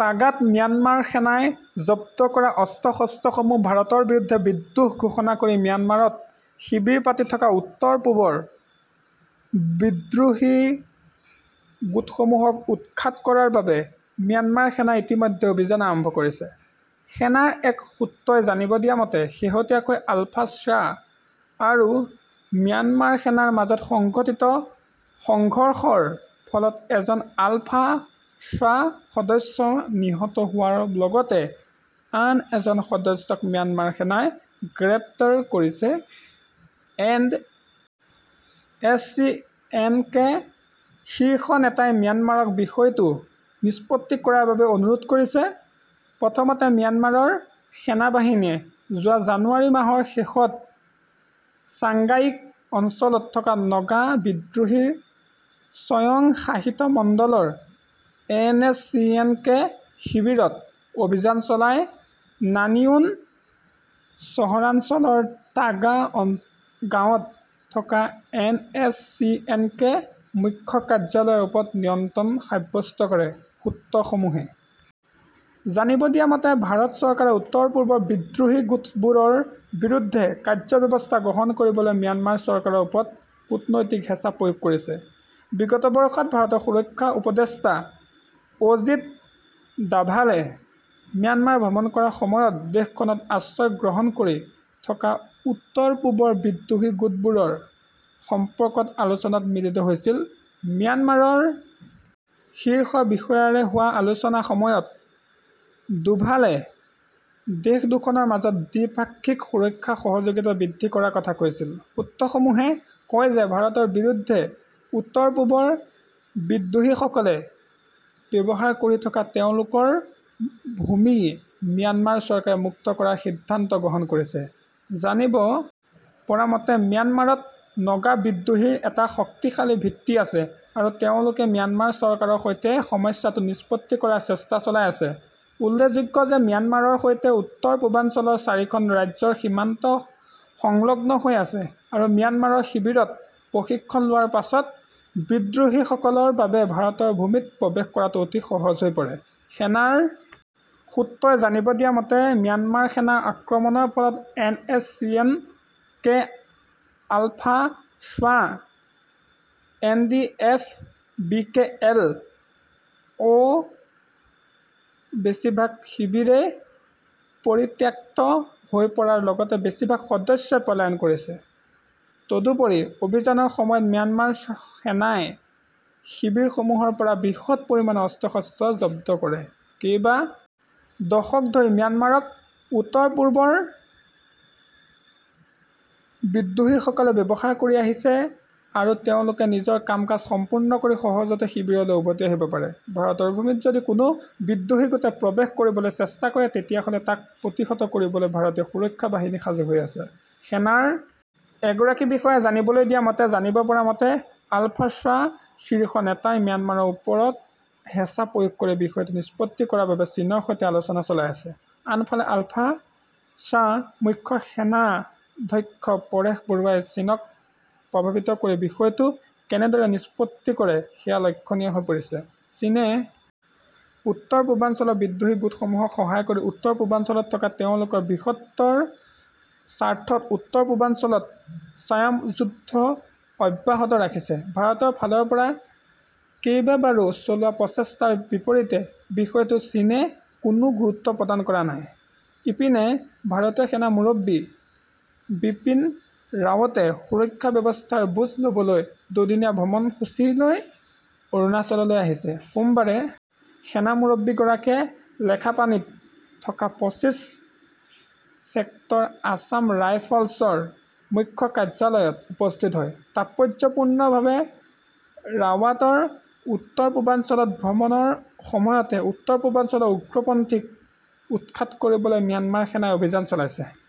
টাগাত Myanmar সেনাই জব্দ কৰা অস্ত্ৰ-শস্ত্ৰসমূহ ভাৰতৰ বিৰুদ্ধে বিদ্ৰোহ ঘোষণা কৰি ম্যানমাৰত শিবিৰ পাতি থকা উত্তৰ-পূবৰ বিদ্ৰোহী গোটসমূহক উৎখাত কৰাৰ বাবে ম্যানমাৰ সেনাই ইতিমধ্যে অভিযান আৰম্ভ কৰিছে। সেনাৰ এক সূত্ৰই জানিব দিয়া মতে শেহতীয়াকৈ আলফাস্বা আৰু ম্যানমাৰ সেনাৰ মাজত সংঘটিত সংঘৰ্ষৰ ফলত এজন আলফা স্বাসদস্য নিহত হোৱাৰ লগতে আন এজন সদস্যক ম্যানমাৰ সেনাই গ্ৰেপ্তাৰ কৰিছে। N S C N K শীৰ্ষ নেতাই ম্যানমাৰক বিষয়টো নিষ্পত্তি কৰাৰ বাবে অনুৰোধ কৰিছে। প্ৰথমতে ম্যানমাৰৰ সেনা বাহিনীয়ে যোৱা জানুৱাৰি মাহৰ শেষত ছাগায়িং অঞ্চলত থকা নাগা বিদ্ৰোহীৰ স্বয়ং শাসিত মণ্ডলৰ N S C N K শিৱিৰত অভিযান চলাই নানিয়ুন চহৰাঞ্চলৰ টাগা গাঁৱত থকা N S C N K মুখ্য কাৰ্যালয়ৰ ওপৰত নিয়ন্ত্ৰণ সাৱ্যস্ত কৰে। সূত্ৰসমূহে জানিব দিয়া মতে ভাৰত চৰকাৰে উত্তৰ-পূবৰ বিদ্ৰোহী গোটবোৰৰ বিৰুদ্ধে কাৰ্য ব্যৱস্থা গ্ৰহণ কৰিবলৈ ম্যানমাৰ চৰকাৰৰ ওপৰত কূটনৈতিক হেচা প্ৰয়োগ কৰিছে। বিগত বৰ্ষত ভাৰতৰ সুৰক্ষা উপদেষ্টা অজিত ডাভালে ম্যানমাৰ ভ্ৰমণ কৰাৰ সময়ত দেশখনত আশ্ৰয় গ্ৰহণ কৰি থকা উত্তৰ-পূবৰ বিদ্ৰোহী গোটবোৰৰ সম্পৰ্কত আলোচনাত মিলিত হৈছিল। ম্যানমাৰৰ শীৰ্ষ বিষয়াৰে হোৱা আলোচনাৰ সময়ত ডোভালে দেশ দুখনৰ মাজত দ্বি-পাক্ষিক সুৰক্ষা সহযোগিতা বৃদ্ধি কৰাৰ কথা কৈছিল। সূত্ৰসমূহে কয় যে ভাৰতৰ বিৰুদ্ধে উত্তৰ-পূবৰ বিদ্ৰোহীসকলে ব্যৱহাৰ কৰি থকা তেওঁলোকৰ ভূমি ম্যানমাৰ চৰকাৰে মুক্ত কৰাৰ সিদ্ধান্ত গ্ৰহণ কৰিছে। জানিব পৰা মতে ম্যানমাৰত নাগা বিদ্ৰোহীৰ এটা শক্তিশালী ভিত্তি আছে আৰু তেওঁলোকে ম্যানমাৰ চৰকাৰৰ সৈতে সমস্যাটো নিষ্পত্তি কৰাৰ চেষ্টা চলাই আছে। উল্লেখযোগ্য যে ম্যানমাৰৰ সৈতে উত্তৰ-পূৰ্বাঞ্চলৰ চাৰিখন ৰাজ্যৰ সীমান্ত সংলগ্ন হৈ আছে আৰু ম্যানমাৰ শিৱিৰত প্ৰশিক্ষণ লোৱাৰ পাছত বিদ্ৰোহীসকলৰ বাবে ভাৰতৰ ভূমিত প্ৰৱেশ কৰাটো অতি সহজ হৈ পৰে। সেনাৰ সূত্ৰই জানিব দিয়া মতে ম্যানমাৰ সেনাৰ আক্ৰমণৰ ফলত N S C N K আলফাস্বা N D F B K L O বেছিভাগ শিৱিৰেই পৰিত্যক্ত হৈ পৰাৰ লগতে বেছিভাগ সদস্যই পলায়ন কৰিছে। তদুপৰি অভিযানৰ সময়ত ম্যানমাৰ সেনাই শিৱিৰসমূহৰ পৰা বৃহৎ পৰিমানৰ অস্ত্ৰ-শস্ত্ৰ জব্দ কৰে। কেইবা দশক ধৰি ম্যানমাৰক উত্তৰ-পূবৰ বিদ্ৰোহীসকলে ব্যৱহাৰ কৰি আহিছে আৰু তেওঁলোকে নিজৰ কাম-কাজ সম্পূৰ্ণ কৰি সহজতে শিৱিৰলৈ উভতি আহিব পাৰে। ভাৰতৰ ভূমিত যদি কোনো বিদ্ৰোহী গোটে প্ৰৱেশ কৰিবলৈ চেষ্টা কৰে তেতিয়াহলে তাক প্ৰতিহত কৰিবলৈ ভাৰতীয় সুৰক্ষা বাহিনী সাজু আছে। সেনাৰ এগৰাকী বিষয়াই জানিবলৈ দিয়ে। জানিব পৰা মতে আলফাস্বা শীৰ্ষ নেতাই ম্যানমাৰৰ ওপৰত হেচা প্ৰয়োগ কৰি বিষয়টো নিষ্পত্তি কৰাৰ বাবে চীনৰ সৈতে আলোচনা চলাই আছে। আনহাতে আলফা স্বামুখ্য সেনাধ্যক্ষ পৰেশ বৰুৱাই চীনক প্ৰভাৱিত কৰি বিষয়টো কেনেদৰে নিষ্পত্তি কৰে সেয়া লক্ষণীয় হৈ পৰিছে। চীনে উত্তৰ-পূৰ্বাঞ্চলৰ বিদ্ৰোহী গোটসমূহক সহায় কৰি উত্তৰ-পূৰ্বাঞ্চলত থকা তেওঁলোকৰ বৃহত্তৰ স্বাৰ্থত উত্তৰ-পূৰ্বাঞ্চলত ছায়াযুদ্ধ অব্যাহত ৰাখিছে। ভাৰতৰ ফালৰ পৰা কেইবাবাৰো চলোৱা প্ৰচেষ্টাৰ বিপৰীতে বিষয়টোত চীনে কোনো গুৰুত্ব প্ৰদান কৰা নাই। ইপিনে ভাৰতীয় সেনা মুৰব্বী বিপিন ৰাৱটে সুৰক্ষা ব্যৱস্থাৰ বুজ লবলৈ দুদিনীয়া ভ্ৰমণসূচীলৈ অৰুণাচললৈ আহিছে। সোমবাৰে সেনা মুৰব্বী গৰাকীয়ে লেখাপানীত থকা পঁচিশ ছেক্টৰ আছাম ৰাইফলছৰ মুখ্য কাৰ্যালয়ত উপস্থিত হয়। তাৎপৰ্যপূৰ্ণভাৱে ৰাৱাটৰ উত্তৰ-পূৰ্বাঞ্চলত ভ্ৰমণৰ সময়তে উত্তৰ-পূৰ্বাঞ্চলৰ উগ্ৰপন্থীক উৎখাত কৰিবলৈ ম্যানমাৰ সেনাই অভিযান চলাইছে।